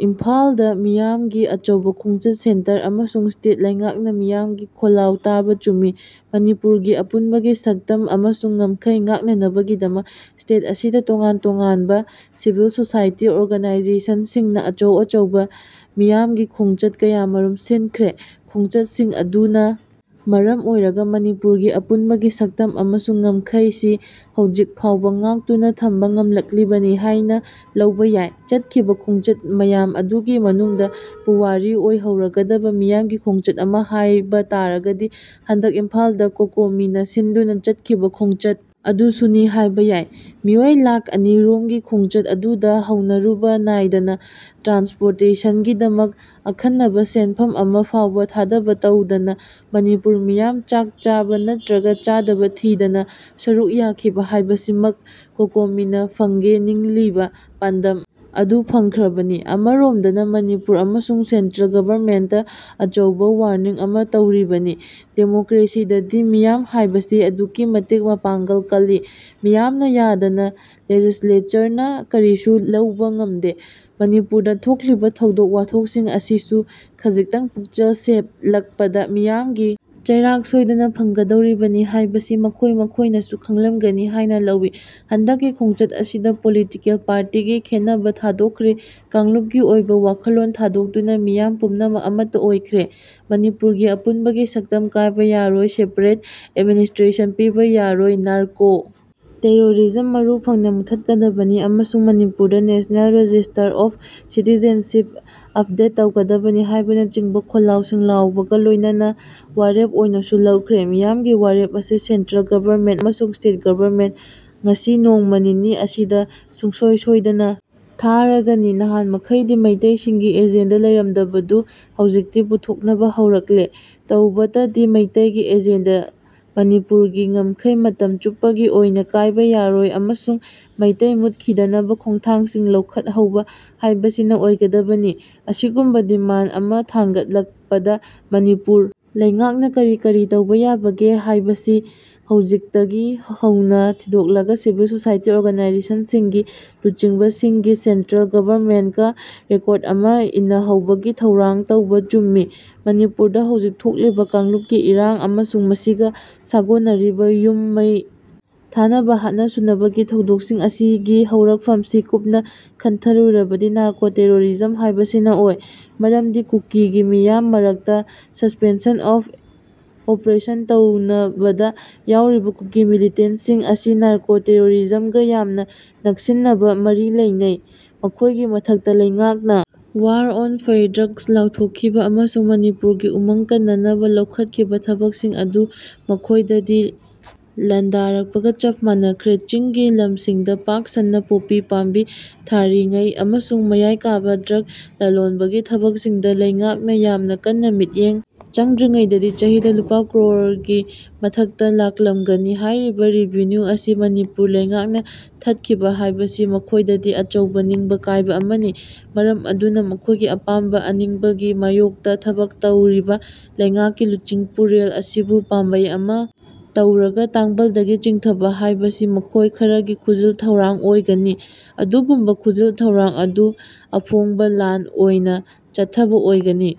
ꯏꯝꯐꯥꯜꯗ ꯃꯤꯌꯥꯝꯒꯤ ꯑꯆꯧꯕ ꯈꯣꯡꯆꯠ ꯁꯦꯟꯇꯔ ꯑꯃꯁꯨꯡ ꯁ꯭ꯇꯦꯠ ꯂꯩꯉꯥꯛꯅ ꯃꯤꯌꯥꯝꯒꯤ ꯈꯣꯜꯂꯥꯎ ꯇꯥꯕ ꯆꯨꯝꯃꯤ ꯃꯅꯤꯄꯨꯔꯒꯤ ꯑꯄꯨꯟꯕꯒꯤ ꯁꯛꯇꯝ ꯑꯃꯁꯨꯡ ꯉꯝꯈꯩ ꯉꯥꯛꯅꯅꯕꯒꯤꯗꯃꯛ ꯁ꯭ꯇꯦꯠ ꯑꯁꯤꯗ ꯇꯣꯉꯥꯟ ꯇꯣꯉꯥꯟꯕ ꯁꯤꯚꯤꯜ ꯁꯣꯁꯥꯏꯇꯤ ꯑꯣꯒꯅꯥꯏꯖꯦꯁꯟꯁꯤꯡꯅ ꯑꯆꯧ-ꯑꯆꯧꯕ ꯃꯤꯌ ꯥꯝꯒꯤ ꯈꯣꯡꯆꯠ ꯀꯌꯥꯃꯔꯨꯝ ꯁꯤꯟꯈ꯭ꯔꯦ꯫ ꯈꯣꯡꯆꯠꯁꯤꯡ ꯑꯗꯨꯅ ꯃꯔꯝ ꯑꯣꯏꯔꯒ ꯃꯅꯤꯄꯨꯔꯒꯤ ꯑꯄꯨꯟꯕꯒꯤ ꯁꯛꯇꯝ ꯑꯃꯁꯨꯡ ꯉꯝꯈꯩꯁꯤ ꯍꯧꯖꯤꯛ ꯐꯥꯎꯕ ꯉꯥꯛꯇꯨꯅ ꯊꯝꯕ ꯉꯝꯂꯛꯂꯤꯕꯅꯤ ꯍꯥꯏꯅ ꯂꯧꯕ ꯌꯥꯏ꯫ ꯆꯠꯈꯤꯕ ꯈꯣꯡꯆꯠ ꯃꯌꯥꯝ ꯑꯗꯨꯒꯤ ꯃꯅꯨꯡꯗ ꯄꯨꯋꯥꯔꯤ ꯑꯣꯏꯍꯧꯔꯒꯗꯕ ꯃꯤꯌꯥꯝꯒꯤ ꯈꯣꯡꯆꯠ ꯑꯃ ꯍꯥꯏꯕ ꯇꯥꯔꯒꯗꯤ ꯍꯟꯗꯛ ꯏꯝꯐꯥꯜꯗ ꯀꯣꯀꯣꯃꯤꯅ ꯁꯤꯟꯗꯨꯅ ꯆꯠꯈꯤꯕ ꯈꯣꯡꯆꯠ ꯑꯗꯨꯁꯨꯅꯤ ꯍꯥꯏꯕ ꯌꯥꯏ꯫ ꯃꯤꯑꯣꯏ ꯂꯥꯈ ꯑꯅꯤ ꯔꯣꯝꯒꯤ ꯈꯣꯡꯆꯠ ꯑꯗꯨꯗ ꯍꯧꯅꯔꯨꯕ ꯅꯥꯏꯗꯅ, ꯇ꯭ꯔꯥꯟꯁꯄꯣꯔꯇꯦꯁꯟꯒꯤ ꯗꯃꯛ ꯑꯈꯟꯅꯕ ꯁꯦꯟꯐꯝ ꯑꯃ ꯐꯥꯎꯕ ꯊꯥꯗꯕ ꯇꯧꯗꯅ ꯃꯅꯤꯄꯨꯔ ꯃꯤꯌꯥꯝ ꯆꯥꯛ ꯆꯥꯕ ꯅꯠꯇ꯭ꯔꯒ ꯆꯥꯗꯕ ꯊꯤꯗꯅ ꯁꯔꯨꯛ ꯌꯥꯈꯤꯕ ꯍꯥꯏꯕꯁꯤꯃꯛ ꯀꯣꯀꯣꯃꯤꯅ ꯐꯪꯒꯦ ꯅꯤꯡꯂꯤꯕ ꯄꯥꯟꯗꯝ ꯑꯗꯨ ꯐꯪꯈ꯭ꯔꯕꯅꯤ꯫ ꯑꯃꯔꯣꯝꯗꯅ ꯃꯅꯤꯄꯨꯔ ꯑꯃꯁꯨꯡ ꯁꯦꯟꯇ꯭ꯔꯦꯜ ꯒꯚꯔꯟꯃꯦꯟꯠꯇ ꯑꯆꯧꯕ ꯋꯥꯔꯅꯤꯡ ꯑꯃ ꯇꯧꯔꯤꯕꯅꯤ꯫ ꯗꯦꯃꯣꯀ꯭ꯔꯦꯁꯤꯗꯗꯤ ꯃꯤꯌꯥꯝ ꯍꯥꯏꯕꯁꯤ ꯑꯗꯨꯛꯀꯤ ꯃꯇꯤꯛ ꯃꯄꯥꯡꯒꯜ ꯀꯜꯂꯤ꯫ ꯃꯤꯌꯥꯝꯅ ꯌꯥꯗꯅ ꯂꯦꯖꯤꯁꯂꯦꯆꯔꯅ ꯀꯔꯤꯁꯨ ꯂꯧꯕ ꯉꯝꯗꯦ꯫ ꯃꯅꯤꯄꯨꯔꯗ ꯊꯣꯛꯂꯤꯕ ꯊꯧꯗꯣꯛ ꯋꯥꯊꯣꯛꯁꯤꯡ ꯑꯁꯤꯁꯨ ꯈꯖꯤꯛꯇꯪ ꯄꯨꯛꯆꯦꯜ ꯁꯦꯞꯂꯛꯄꯗ ꯃꯤꯌꯥꯝꯒꯤ ꯆꯩꯔꯥꯛ ꯁꯣꯏꯗꯅ ꯐꯪꯒꯗꯧꯔꯤꯕꯅꯤ ꯍꯥꯏꯕꯁꯤ ꯃꯈꯣꯏ-ꯃꯈꯣꯏꯅꯁꯨ ꯈꯪꯂꯝꯒꯅꯤ ꯍꯥꯏꯅ ꯂꯧꯏ꯫ ꯍꯟꯗꯛꯀꯤ ꯈꯣꯡꯆꯠ ꯑꯁꯤꯗ ꯄꯣꯂꯤꯇꯤꯀꯦꯜ ꯄꯥꯔꯇꯤꯒꯤ ꯈꯦꯟꯅꯕ ꯊꯥꯗꯣꯛꯈ꯭ꯔꯦ꯫ ꯀꯥꯡꯂꯨꯞꯀꯤ ꯑꯣꯏꯕ ꯋꯥꯈꯜꯂꯣꯟ ꯊꯥꯗꯣꯛꯇꯨꯅ ꯃꯤꯌꯥꯝ ꯄꯨꯝꯅꯃꯛ ꯑꯃꯠꯇ ꯑꯣꯏꯈ꯭ꯔꯦ꯫ ꯃꯅꯤꯄꯨꯔꯒꯤ ꯑꯄꯨꯟꯕꯒꯤ ꯁꯛꯇꯝ ꯀꯥꯏꯕ ꯌꯥꯔꯣꯏ, ꯁꯦꯄꯔꯦꯠ ꯑꯦꯗꯃꯤꯅꯤꯁꯇ꯭ꯔꯦꯁꯟ ꯄꯤꯕ ꯌꯥꯔꯣꯏ, ꯅꯥꯔꯀꯣ ꯇꯦꯔꯣꯔꯤꯖꯝ ꯃꯔꯨ ꯐꯪꯅ ꯃꯨꯊꯠꯀꯗꯕꯅꯤ ꯑꯃꯁꯨꯡ ꯃꯅꯤꯄꯨꯔꯗ national register of citizenship update ꯇꯧꯒꯗꯕꯅꯤ ꯍꯥꯏꯕꯅꯆꯤꯡꯕ ꯈꯣꯜꯂꯥꯎꯁꯤꯡ ꯂꯥꯎꯕꯒ ꯂꯣꯏꯅꯅ ꯋꯥꯔꯦꯞ ꯑꯣꯏꯅꯁꯨ ꯂꯧꯈ꯭ꯔꯦ꯫ ꯃꯤꯌꯥꯝꯒꯤ ꯋꯥꯔꯦꯞ ꯑꯁꯤ ꯁꯦꯟꯇ꯭ꯔꯦꯜ ꯒꯚꯔꯟꯃꯦꯟꯠ ꯑꯃꯁꯨꯡ ꯁ꯭ꯇꯦꯠ ꯒꯚꯔꯟꯃꯦꯟꯠꯇ ꯉꯁꯤ ꯅꯣꯡꯃ ꯅꯤꯅꯤ ꯑꯁꯤꯗ ꯁꯨꯡꯁꯣꯏ ꯁꯣꯏꯗꯅ ꯊꯥꯔꯒꯅꯤ꯫ ꯅꯍꯥꯟ ꯃꯈꯩꯗꯤ ꯃꯩꯇꯩꯁꯤꯡꯒꯤ ꯑꯦꯖꯦꯟꯗ ꯂꯩꯔꯝꯗꯕꯗꯨ ꯍꯧꯖꯤꯛꯇꯤ ꯄꯨꯊꯣꯛꯅꯕ ꯍꯧꯔꯛꯂꯦ꯫ ꯇꯧꯕꯇꯗꯤ ꯃꯩꯇꯩꯒꯤ ꯑꯦꯖꯦꯟꯗꯗ ꯃꯅꯤꯄꯨꯔꯒꯤ ꯉꯝꯈꯩ ꯃꯇꯝ ꯆꯨꯞꯄꯒꯤ ꯑꯣꯏꯅ ꯀꯥꯏꯕ ꯌꯥꯔꯣꯏ ꯑꯃꯁꯨꯡ ꯃꯩꯇꯩ ꯃꯨꯠꯈꯤꯗꯅꯕ ꯈꯣꯡꯊꯥꯡꯁꯤꯡ ꯂꯧꯈꯠ ꯍꯧꯕ ꯍꯥꯏꯕꯁꯤꯅ ꯑꯣꯏꯒꯗꯕꯅꯤ꯫ ꯑꯁꯤꯒꯨꯝꯕ ꯗꯤꯃꯥꯟ ꯑꯃ ꯊꯥꯡꯒꯠ ꯂꯛꯄꯗ ꯃꯅꯤꯄꯨꯔ ꯂꯩꯉꯥꯛꯅ ꯀꯔꯤ ꯀꯔꯤ ꯇꯧꯕ ꯌꯥꯕꯒꯦ ꯍꯥꯏꯕꯁꯤ ꯍꯧꯖꯤꯛꯇꯒꯤ ꯍꯧꯅ ꯊꯤꯗꯣꯛꯂꯒ ꯁꯤꯚꯤꯜ ꯁꯣꯁꯥꯏꯇꯤ ꯑꯣꯔꯒꯅꯥꯏꯖꯦꯁꯟ ꯁꯤꯡꯒꯤ ꯂꯨꯆꯤꯡꯕꯁꯤꯡꯒꯤ ꯁꯦꯟꯇ꯭ꯔꯦꯜ ꯒꯚꯔꯟꯃꯦꯟꯠꯀ ꯑꯦꯀꯣꯔꯗ ꯑꯃ ꯏꯟꯅꯍꯧꯕꯒꯤ ꯊꯧꯔꯥꯡ ꯇꯧꯕ ꯆꯨꯝꯃꯤ꯫ ꯃꯅꯤꯄꯨꯔꯗ ꯍꯧꯖꯤꯛ ꯊꯣꯛꯂꯤꯕ ꯀꯥꯡꯂꯨꯞꯀꯤ ꯏꯔꯥꯡ ꯑꯃꯁꯨꯡ ꯃꯁꯤꯒ ꯁꯥꯒꯣꯟꯅꯔꯤꯕ ꯌ ꯨꯝ ꯃꯩ ꯊꯥꯅꯕ, ꯍꯥꯠꯅ ꯁꯨꯅꯕꯒꯤ ꯊꯧꯗꯣꯛꯁꯤꯡ ꯑꯁꯤꯒꯤ ꯍꯧꯔꯛꯐꯝꯁꯤ ꯀꯨꯞꯅ ꯈꯟꯊꯔꯨꯔꯕꯗꯤ ꯅꯥꯔꯀꯣ ꯇꯦꯔꯣꯔꯤꯖꯝ ꯍꯥꯏꯕꯁꯤꯅ ꯑꯣꯏ꯫ ꯃꯔꯝꯗꯤ ꯀꯨꯀꯤꯒꯤ ꯃꯤꯌꯥꯝ ꯃꯔꯛꯇ ꯁꯁ꯭ꯄꯦꯟꯁꯟ ꯑꯣꯐ ꯑꯣꯄꯔꯦꯁꯟ ꯇꯧꯅꯕꯗ ꯌꯥꯎꯔꯤꯕ ꯀꯨꯀꯤ ꯃꯤꯂꯤꯇꯦꯟꯠꯁꯤꯡ ꯑꯁꯤ ꯅꯥꯔꯀꯣ ꯇꯦꯔꯣꯔꯤꯖꯝꯒ ꯌꯥꯝꯅ ꯅꯛꯁꯤꯟꯅꯕ ꯃꯔꯤ ꯂꯩꯅꯩ꯫ ꯃꯈꯣꯏꯒꯤ ꯃꯊꯛꯇ ꯂꯩꯉꯥꯛꯅ ꯋꯥꯔ ꯑꯣꯟ ꯐꯩ ꯗ꯭ꯔꯒꯁ ꯂꯥꯎꯊꯣꯛꯈꯤꯕ ꯑꯃꯁꯨꯡ ꯃꯅꯤꯄꯨꯔꯒꯤ ꯎꯃꯪ ꯀꯟꯅꯅꯕ ꯂꯧꯈꯠꯈꯤꯕ ꯊꯕꯛꯁꯤꯡ ꯑꯗꯨ ꯃꯈꯣꯏꯗꯗꯤ ꯂꯥꯟꯗꯥꯔꯛꯄꯒ ꯆꯞ ꯃꯥꯟꯅꯈ꯭ꯔꯦ꯫ ꯆꯤꯡꯒꯤ ꯂꯝꯁꯤꯡꯗ ꯄꯥꯛ ꯁꯟꯅ ꯄꯣꯞꯄꯤ ꯄꯥꯝꯕꯤ ꯊꯥꯔꯤꯉꯩ ꯑꯃꯁꯨꯡ ꯃꯌꯥꯏ ꯀꯥꯕ ꯗ꯭ꯔꯒ ꯂꯂꯣꯟꯕꯒꯤ ꯊꯕꯛꯁꯤꯡꯗ ꯂꯩꯉꯥꯛꯅ ꯌꯥꯝꯅ ꯀꯟꯅ ꯃꯤꯠꯌꯦꯡ ꯆꯪꯗ꯭ꯔꯤꯉꯩꯗꯗꯤ ꯆꯍꯤꯗ ꯂꯨꯄꯥ ꯀ꯭ꯔꯣꯔ ꯀꯤ ꯃꯊꯛꯇ ꯂꯥꯛꯂꯝꯒꯅꯤ꯫ ꯍꯥꯏꯔꯤꯕ ꯔꯦꯚꯤꯅ꯭ꯌꯨ ꯑꯁꯤ ꯃꯅꯤꯄꯨꯔ ꯂꯩꯉꯥꯛꯅ ꯊꯠꯈꯤꯕ ꯍꯥꯏꯕꯁꯤ ꯃꯈꯣꯏꯗꯗꯤ ꯑꯆꯧꯕ ꯅꯤꯡꯕ ꯀꯥꯏꯕ ꯑꯃꯅꯤ꯫ ꯃꯔꯝ ꯑꯗꯨꯅ ꯃꯈꯣꯏꯒꯤ ꯑꯄꯥꯝꯕ ꯑꯅꯤꯡꯕꯒꯤ ꯃꯥꯌꯣꯛꯇ ꯊꯕꯛ ꯇꯧꯔꯤꯕ ꯂꯩꯉꯥꯛꯀꯤ ꯂꯨꯆꯤꯡ ꯄꯨꯔꯦꯜ ꯑꯁꯤꯕꯨ ꯄꯥꯝꯕꯩ ꯑꯃ ꯇꯧꯔꯒ ꯇꯥꯡꯕꯜꯗꯒꯤ ꯆꯤꯡꯊꯕ ꯍꯥꯏꯕꯁꯤ ꯃꯈꯣꯏ ꯈꯔꯒꯤ ꯈꯨꯖꯤꯜ ꯊꯧꯔꯥꯡ ꯑꯣꯏꯒꯅꯤ꯫ ꯑꯗꯨꯒꯨꯝꯕ ꯈꯨꯖꯤꯜ ꯊꯧꯔꯥꯡ ꯑꯗꯨ ꯑꯐꯣꯡꯕ ꯂꯥꯟ ꯑꯣꯏꯅ ꯆꯠꯊꯕ ꯑꫭꯏꯒꯅꯤ꯫